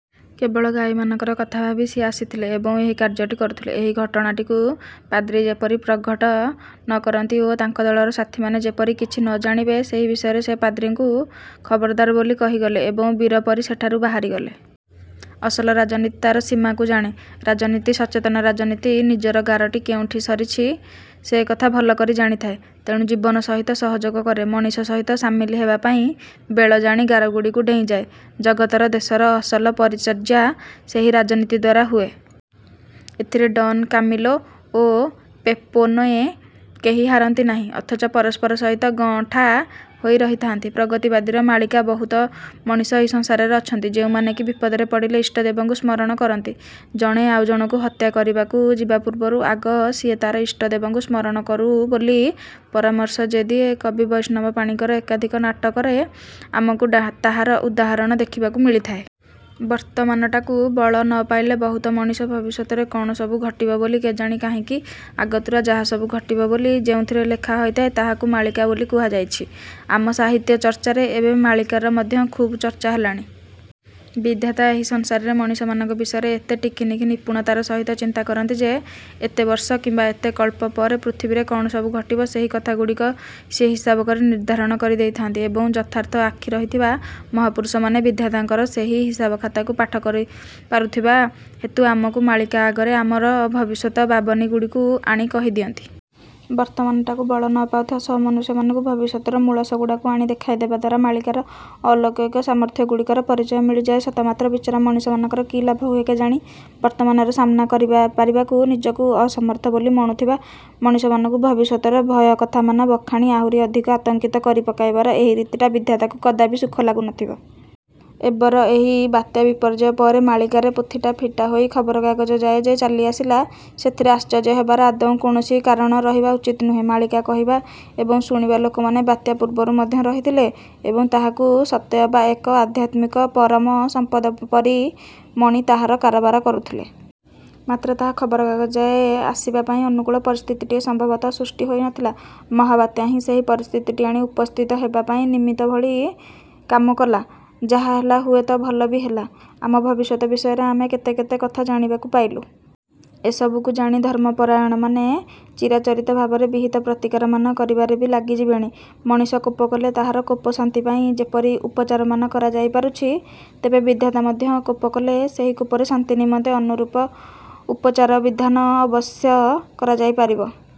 କେବଳ ଗାଈମାନଙ୍କର କଥା ଭାବି ସିଏ ଆସିଥିଲେ ଏବଂ ଏହି କାର୍ଯ୍ୟଟି କରୁଥିଲେ। ଏହି ଘଟଣାଟିକୁ ପାଦ୍ରୀ ଯେପରି ପ୍ରଘଟ ନକରନ୍ତି ଓ ତାଙ୍କ ଦଳର ସାଥୀମାନେ ଯେପରି କିଛି ନଜାଣିବେ, ସେହି ବିଷୟରେ ସେ ପାଦ୍ରୀଙ୍କୁ ଖବରଦାର ବୋଲି କହିଗଲେ ଏବଂ ବୀର ପରି ସେଠାରୁ ବାହାରିଗଲେ। ଅସଲ ରାଜନୀତି ତା'ର ସୀମାକୁ ଜାଣେ। ରାଜନୀତି, ସଚେତନ ରାଜନୀତି ନିଜର ଗାରଟି କୋଉଠି ସରିଛି, ସେକଥା ଭଲକରି ଜାଣିଥାଏ ତେଣୁ ଜୀବନ ସହିତ ସହଯୋଗ କରେ, ମଣିଷ ସହିତ ସାମିଲ ହେବା ପାଇଁ ବେଳ ଜାଣି ଗାରଗୁଡ଼ିକୁ ଡ଼େଇଁଯାଏ। ଜଗତର, ଦେଶର ଅସଲ ପରିଚର୍ଯ୍ୟା ସେହି ରାଜନୀତି ଦ୍ୱାରା ହୁଏ। ଏଥିରେ ଡ଼ନ୍ କାମିଲୋ ଓ ପେପୋନେ କେହି ହାରନ୍ତି ନାହିଁ। ଅଥଚ ପରସ୍ପର ସହିତ ଗଅଁଠା ହୋଇ ରହିଥାନ୍ତି। ପ୍ରଗତିବାଦୀର ମାଳିକା ବହୁତ ମଣିଷ ଏହି ସଂସାରରେ ଅଛନ୍ତି, ଯେଉଁମାନେ କି ବିପଦରେ ପଡ଼ିଲେ ଇଷ୍ଟଦେବଙ୍କୁ ସ୍ମରଣ କରନ୍ତି। ଜଣେ ଆଉଜଣକୁ ହତ୍ୟା କରିବାକୁ ଯିବା ପୂର୍ବରୁ ଆଗ ସିଏ ତା'ର ଇଷ୍ଟଦେବଙ୍କୁ ସ୍ମରଣ କରୁ ବୋଲି ପରାମର୍ଶ ଯେ ଦିଏ, କବି ବୈଷ୍ଣବ ପାଣିଙ୍କର ଏକାଧିକ ନାଟକରେ ଆମକୁ ତାହାର ଉଦାହରଣ ଦେଖିବାକୁ ମିଳିଥାଏ। ବର୍ତ୍ତମାନଟାକୁ ବଳ ନପାଇଲେ ବହୁତ ମଣିଷ ଭବିଷ୍ୟତରେ କ'ଣ ସବୁ ଘଟିବ ବୋଲି କେଜାଣି କାହିଁକି? ଆଗତୁରା ଯାହାସବୁ ଘଟିବ ବୋଲି ଯେଉଁଥିରେ ଲେଖା ହୋଇ ରହିଥାଏ, ତାହାକୁ ମାଳିକା ବୋଲି କୁହାଯାଇଛି। ଆମ ସାହିତ୍ୟଚର୍ଚ୍ଚାରେ ଏବେ ମାଳିକାର ମଧ୍ୟ ଖୁବ୍ ଚର୍ଚ୍ଚା ହେଲାଣି। ବିଧାତା ଏହି ସଂସାରରେ ମଣିଷମାନଙ୍କ ବିଷୟରେ ଏତେ ଟିକିନିଖି ନିପୁଣତାର ସହିତ ଚିନ୍ତା କରନ୍ତି ଯେ, ଏତେ ବର୍ଷ କିମ୍ବା ଏତେ କଳ୍ପ ପରେ ପୃଥିବୀରେ କ'ଣ ସବୁ ଘଟିବ, ସେହି କଥାଗୁଡ଼ିକୁ ସିଏ ହିସାବ କରି ନିର୍ଦ୍ଧାରଣ କରି ଦେଇଥାନ୍ତି ଏବଂ ଯଥାର୍ଥ ଆଖି ରହିଥିବା ମହାପୁରୁଷମାନେ ବିଧାତାଙ୍କର ସେହି ହିସାବଖାତାକୁ ପାଠ କରିପାରୁଥିବା ହେତୁ ଆମକୁ ମାଳିକା ଆକାରରେ ଆମ ଭବିଷ୍ୟତ ବାବନିଗୁଡ଼ିକୁ ଆଣି କହିଦିଅନ୍ତି। ବର୍ତ୍ତମାନଟାକୁ ବଳ ନପାଉଥିବା ସମନୁଷ୍ୟମାନଙ୍କୁ ଭବିଷ୍ୟତର ମୂଷଳଗୁଡ଼ାକୁ ଆଣି ଦେଖାଇଦେବା ଦ୍ୱାରା ମାଳିକାକାର ଅଲୌକିକ ସାମର୍ଥ୍ୟଗୁଡ଼ିକର ପରିଚୟ ମିଳିଯାଏ ସତ ମାତ୍ର ବିଚରା ମଣିଷମାନଙ୍କର କି ଲାଭ ହୁଏ କେଜାଣି? ବର୍ତ୍ତମାନର ସାମ୍ନା କରିପାରିବାକୁ ନିଜକୁ ଅସମର୍ଥ ବୋଲି ମଣୁଥିବା ମଣିଷମାନଙ୍କୁ ଭବିଷ୍ୟତର ଭୟକଥାମାନ ବଖାଣି ଆହୁରି ଅଧିକ ଆତଙ୍କିତ କରି ପକାଇବାର ଏହି ରୀତିଟା ବିଧାତାକୁ କଦାପି ସୁଖ ଲାଗୁନଥିବ। ଏବର ଏହି ବାତ୍ୟାବିପର୍ଯ୍ୟୟ ପରେ ମାଳିକାର ପୋଥିଟା ଫିଟା ହୋଇ ଖବରକାଗଜ ଯାଏ ଯେ ଚାଲିଆସିଲା, ସେଥିରେ ଆଶ୍ଚର୍ଯ୍ୟ ହେବାର ଆଦୌ କୌଣସି କାରଣ ରହିବା ଉଚିତ ନୁହେଁ। ମାଳିକା କହିବା ଏବଂ ଶୁଣିବା ଲୋକମାନେ ବାତ୍ୟା ପୂର୍ବରୁ ମଧ୍ୟ ରହିଥିଲେ ଏବଂ ତାହାକୁ ସତେଅବା ଏକ ଆଧ୍ୟାତ୍ମିକ ପରମ ସମ୍ପଦ ପରି ମଣି ତାହାର କାରବାର କରୁଥିଲେ। ମାତ୍ର ତାହା ଖବରକାଗଜ ଯାଏ ଆସିବା ପାଇଁ ଅନୁକୂଳ ପରିସ୍ଥିତିଟିଏ ସମ୍ଭବତଃ ସୃଷ୍ଟି ହୋଇନଥିଲା। ମହାବାତ୍ୟା ହିଁ ସେହି ପରିସ୍ଥିତିଟି ଆଣି ଉପସ୍ଥିତ ହେବା ପାଇଁ ନିମିତ୍ତ ଭଳି କାମ କଲା। ଯାହା ହେଲା, ହୁଏତ ଭଲ ବି ହେଲା। ଆମ ଭବିଷ୍ୟତ ବିଷୟରେ ଆମେ କେତେ କେତେ କଥା ଜାଣିବାକୁ ପାଇଲୁ। ଏହିସବୁକୁ ଜାଣି ଧର୍ମପରାୟଣମାନେ ଚିରାଚରିତ ଭାବରେ ବିହିତ ପ୍ରତିକାରମାନ କରିବାରେ ବି ଲାଗିଯିବେଣି। ମଣିଷ କୋପକଲେ ତାହାର କୋପଶାନ୍ତି ପାଇଁ ଯେପରି ଉପଚାରମାନ କରାଯାଇ ପାରୁଛି, ତେବେ ବିଧାତା ମଧ୍ୟ କୋପକଲେ ସେହି କୋପରେ ଶାନ୍ତି ନିମନ୍ତେ ଅନୁରୂପ ଉପଚାରବିଧାନ ଅବଶ୍ୟ କରାଯାଇପାରିବ।